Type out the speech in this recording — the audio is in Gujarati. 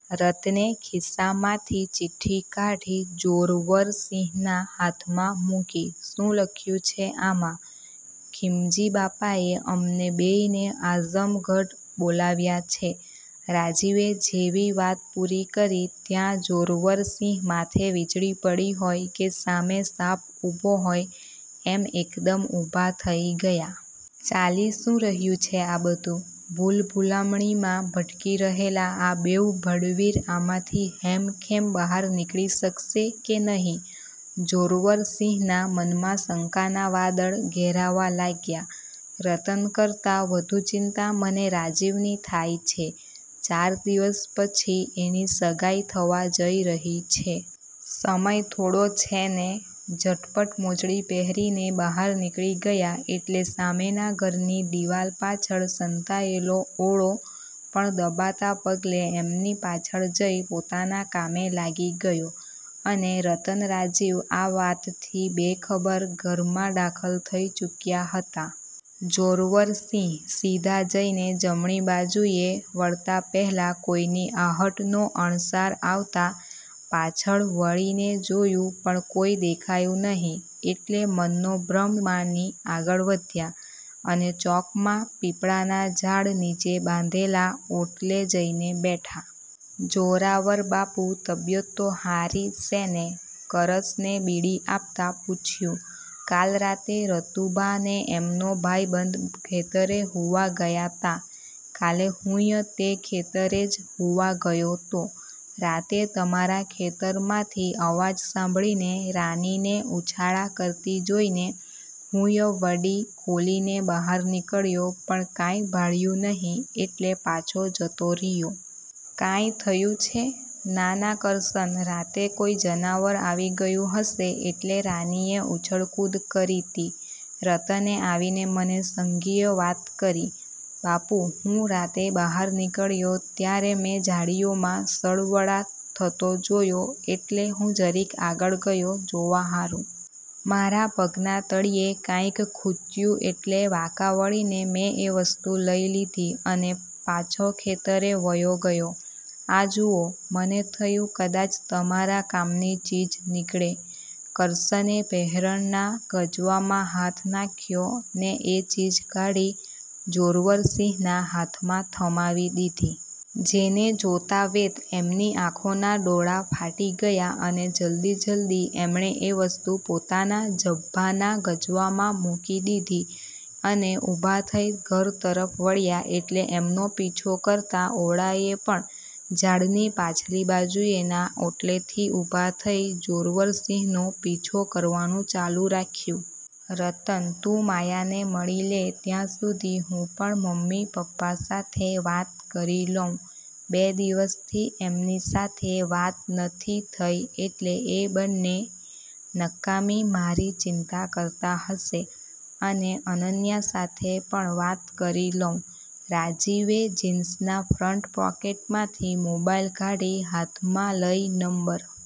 રતને ખિસ્સામાંથી ચિઠ્ઠી કાઢી જોરવરસિંહના હાથમાં મૂકી. "શું લખ્યું છે આમાં?" "ખીમજીબાપાએ અમને બેયને આઝમગઢ બોલાવ્યા છે." રાજીવે જેવી વાત પૂરી કરી ત્યાં જોરવરસિંહ માથે વીજળી પડી હોય કે સામે સાપ ઊભો હોય એમ એકદમ ઊભા થઈ ગયા. "ચાલી શું રહ્યું છે આ બધું? ભૂલભુલામણીમાં ભટકી રહેલા આ બેઉ ભડવીર આમાંથી હેમખેમ બહાર નીકળી શકશે કે નહીં? " જોરવરસિંહના મનમાં શંકાના વાદળ ઘેરાવા લાગ્યા, "રતન કરતા વધુ ચિંતા મને રાજીવની થાય છે, ચાર દિવસ પછી એની સગાઈ થવા જઈ રહી છે. સમય થોડો છે ને." ઝટપટ મોજડી પહેરીને બહાર નીકળી ગયા એટલે સામેના ઘરની દીવાલ પાછળ સંતાયેલો ઓળો પણ દબાતા પગલે એમની પાછળ જઈ પોતાના કામે લાગી ગયો, અને રતન-રાજીવ આ વાતથી બેખબર ઘરમાં દાખલ થઈ ચૂક્યા હતા. જોરવરસિંહ સીધા જઈને જમણી બાજુએ વળતાં પહેલા કોઈની આહટનો અણસાર આવતા પાછળ વળીને જોયું પણ કોઈ દેખાયું નહિ એટલે મનનો ભ્રમ માની આગળ વધ્યા અને ચોકમાં પીપળાના ઝાડ નીચે બાંધેલા ઓટલે જઈને બેઠા. "જોરાવરબાપુ, તબિયત તો હારી સે ને?" કરસને બીડી આપતાં પૂછ્યું, "કાલ રાતે, રતુભા ને એમનો ભાઈબંધ ખેતરે હુવા ગયા'તા?" "કાલે હુંય તે ખેતરે જ હુવા ગયો'તો. રાતે તમારા ખેતરમાંથી અવાજ સાંભળીને રાનીને ઉછાળા કરતી જોઈને હુંય વંડી ખોલીને બહાર નીકળ્યો પણ કાંઈ ભાળ્યું નહિ એટલે પાછો જતો રીયો. કાંય થયું છે? " "ના-ના કરસન, રાતે કોઈ જનાવર આવી ગયું હશે એટલે રાનીએ ઉછળકૂદ કરી'તી. રતને આવીને મને સંઘીય વાત કરી." "બાપુ, હું રાતે બહાર નીકળ્યો ત્યારે મેં ઝાડીઓમાં સળવળાટ થતો જોયો એટલે હું જરીક આગળ ગયો, જોવા હારુ. મારા પગના તળિયે કાંઈક ખુચ્યું એટલે વાંકા વળીને મેં એ વસ્તુ લઈ લીધી અને પાછો ખેતરે વયો ગયો. આ જુઓ, મને થયું કદાચ તમારા કામની ચીજ નીકળે," કરસને પહેરણના ગજવામાં હાથ નાખ્યો ને એ ચીજ કાઢી જોરવરસિંહના હાથમાં થમાવી દીધી. જેને જોતાંવેંત એમની આંખોના ડોળા ફાટી ગયા અને જલ્દી-જલ્દી એમણે એ વસ્તુ પોતાના ઝભ્ભાના ગજવામાં મૂકી દીધી અને ઊભા થઈ ઘર તરફ વળ્યા એટલે એમનો પીછો કરતા ઓળાએ પણ ઝાડની પાછલી બાજુએના ઓટલેથી ઊભા થઈ જોરવરસિંહનો પીછો કરવાનું ચાલુ રાખ્યું. "રતન, તું માયાને મળી લે ત્યાં સુધી હું પણ મમ્મી-પપ્પા સાથે વાત કરી લઉં, બે દિવસથી એમની સાથે વાત નથી થઈ, એટલે એ બંને નકામી મારી ચિંતા કરતા હશે, અને અનન્યા સાથે પણ વાત કરી લઉં." રાજીવે જીન્સના ફ્રન્ટ પોકેટમાંથી મોબાઈલ કાઢી હાથમાં લઈ નંબર